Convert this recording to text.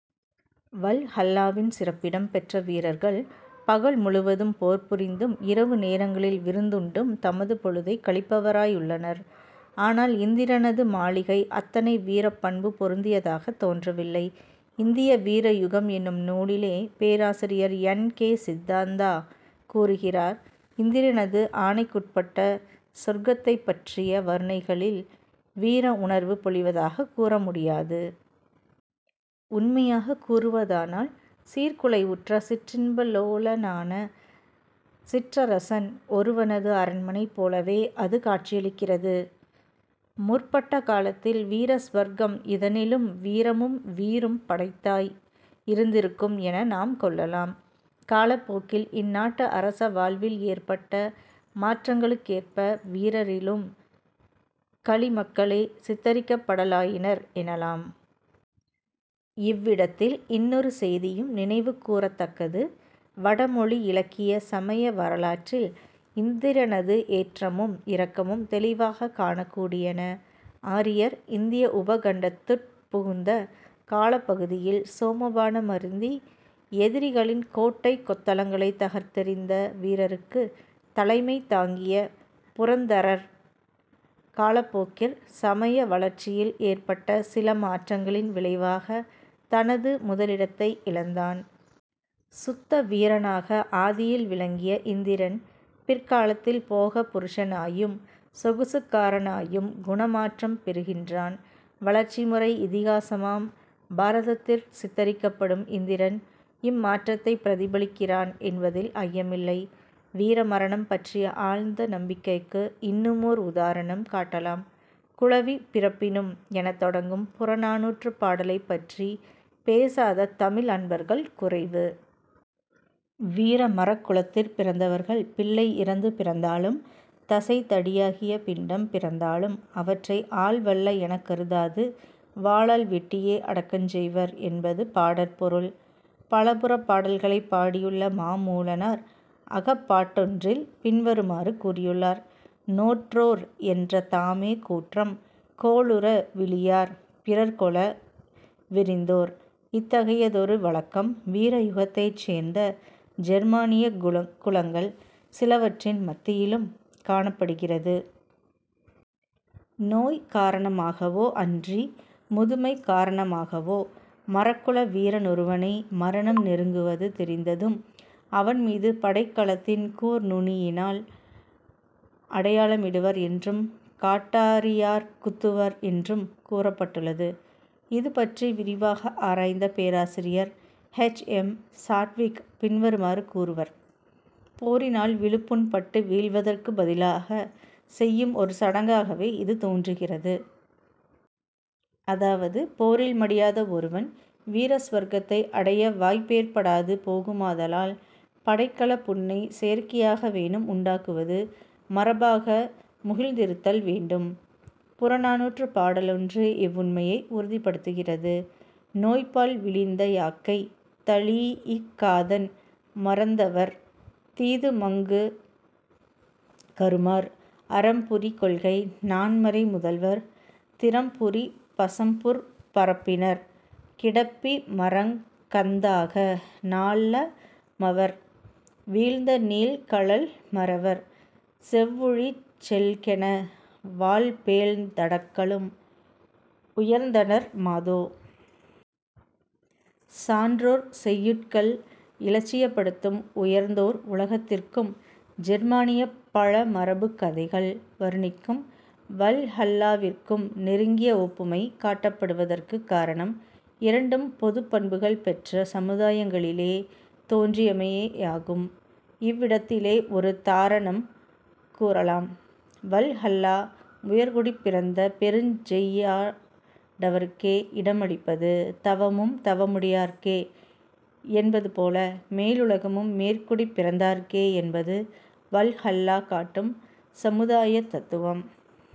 வல்ஹல்லாவில் சிறப்பிடம் பெற்ற வீரர்கள் பகல் முழுவதும் போர்புரிந்தும் இரவு நேரங்களில் விருந்துண்டும் தமது பொழுதைக் கழிப்பவராயுள்ளனர். ஆனால் இந்திரனது மாளிகை அத்தனை வீரப் பண்பு பொருந்தியதாகத் தோன்றவில்லை. இந்திய வீரயுகம் என்னும் நூலிலே பேராசிரியர் என். கே. சித்தாந்தா கூறுகிறார்: "இந்திரனது ஆணைக்குட்பட்ட சொர்க்கத்தைப்பற்றிய வருணனைகளில் வீரஉணர்வு பொலிவதாகக்கூறு முடியாது. உண்மையாகக் கூறுவதானால், சீர்குலைவுற்ற சிற்றின்ப லோலனான சிற்றரசன் ஒருவனது அரண்மனை போலவே அது காட்சியளிக்கிறது. முற்பட்ட காலத்தில் வீர சுவர்க்கம் இதனிலும் வீரமும் வீறும் படைத்ததாய் இருந்திருக்கும் என நாம் கொள்ளலாம். காலப் போக்கில் இந்நாட்டு அரச வாழ்வில் ஏற்பட்ட மாற்றங்களுக்கேற்ப வீரரிலும் களிமக்களே சித்திரிக்கப்படலாயினர் எனலாம். " இவ்விடத்தில் இன்னொரு செய்தியும் நினைவுகூரத் தக்கது. வடமொழி இலக்கிய, சமய வரலாற்றில் இந்திரனது ஏற்றமும் இறக்கமும் தௌிவாகக் காணக்கூடியன. ஆரியர் இந்திய உபகண்டத்துட் புகுந்த காலப்பகுதியில் சோமபானம் அருந்தி எதிரிகளின் கோட்டை கொத்தளங்களைத் தகர்த்தெறிந்த வீரருக்குத் தலைமை தாங்கிய புரந்தரன் காலப்போக்கிற் சமய வளர்ச்சியில் ஏற்பட்ட சில மாற்றங்களின் விளைவாகத் தனது முதலிடத்தை இழந்தான். சுத்த வீரனாக ஆதியில் விளங்கிய இந்திரன் பிற்காலத்தில் போக புருஷனாயும் 'சொகுசு'க்காரனாயும் குணமாற்றம் பெறுகின்றான். வளர்ச்சி முறை இதிகாசமாம் பாரதத்திற் சித்திரிக்கப்படும் இந்திரன் இம் மாற்றத்தைப் பிரதிபலிக்கிறான் என்பதில் ஐயம் இல்லை. வீரமரணம் பற்றிய ஆழ்ந்த நம்பிக்கைக்கு இன்னுமோர் உதாரணம் காட்டலாம். "குழவி பிறப்பினும்" என தொடங்கும் புறநானூற்றுப் பாடலைப் பற்றிப் பேசாத தமிழ் அன்பர்கள் குறைவு. வீரமறக்குலத்திற் பிறந்தவர்கள் பிள்ளை இறந்து பிறந்தாலும் தசைத் தடியாகிய பிண்டம் பிறந்தாலும் அவற்றை ஆள் வல்ல என்று கருதாது வாளால் வெட்டியே அடக்கஞ் செய்வர் என்பது பாடற்பொருள். பலபுறப் பாடல்களைப் பாடியுள்ள மாமூலனார் அகப்பாட்டொன்றில் பின்வருமாறு கூறியுள்ளார்: "நோற்றோர் என்ற தாமே கூற்றம் கோளுற விளியார் பிறர் கொள விறிந்தோர்" இத்தகையதொரு வழக்கம் வீரயுகத்தைச் சேர்ந்த ஜெர்மானியக் குலங்கள் சிலவற்றின் மத்தியிலும் காணப்படுகிறது. நோய் காரணமாகவோ அன்றி முதுமை காரணமாகவோ மறக்குல வீரனொருவனை மரணம் நெருங்குவது தெரிந்ததும் அவன்மீது படைக்கலத்தின் கூர் நுனியினால் அடையாளமிடுவர் என்றும், காட்டாரியாற் குத்துவர் என்றும் கூறப்பட்டுள்ளது. இதுபற்றி விரிவாக ஆராய்ந்த பேராசிரியர் எச். எம். சாட்விக் பின்வருமாறு கூறுவர்: "போரினால் விழுப்புண் பட்டு வீழ்வதற்குப் பதிலாகச் செய்யும் ஒரு சடங்காகவே இது தோன்றுகிறது. " அதாவது போரில் மடியாத ஒருவன் வீரசுவர்க்கத்தை அடைய வாய்ப்பேற்படாது போகுமாதலால் படைக்கலப் புண்ணைச் செயற்கையாக வேனும் உண்டாக்குவது மரபாக முகிழ்ந்திருத்தல் வேண்டும். புறநானூற்றுப் பாடலொன்று இவ்வுண்மையை உறுதிப்படுத்துகிறது. "நோய்ப்பால் விளிந்த யாக்கை தழீஇக் காதன் மறந்தவர் தீதுமகுங்கறுமார் அறம்புரி கொள்கை நான்மறை முதல்வர் திறம்புரி பசம்புற் பரப்பினர் கிடப்பி மறங் கந்தாக நல்லமவர் வீழ்ந்த நீள் கழன் மறவர் செவ்வுழிச்செல்கென வாழ் பேழ்ந் தடக்கலும் உய்ந்தனர் மாதோ.... " சான்றோர் செய்யுட்கள் இலட்சியப்படுத்தும் உயர்ந்தோர் உலகத்திற்கும் ஜெர்மானியப் பழமரபுக் கதைகள் வருணிக்கும் வல்ஹல்லாவிற்கும் நெருங்கிய ஒப்புமை காட்டப்படுவதற்குக் காரணம், இரண்டும் பொதுப் பண்புகள் பெற்ற சமுதாயங்களிலே தோன்றியமையேயாகும். இவ்விடத்திலே ஒருதாரணம் கூறலாம். வல்ஹல்லா உயர்குடிப் பிறந்த பெருஞ் செய்யாடவருக்கே இடமளிப்பது. 'தவமும் தவமுடையார்க்கே' என்பது போல மேலுலகமும் மேற்குடிப் பிறந்தாருக்கே என்பது வல்ஹல்லா காட்டும் சமுதாயத் தத்துவம்.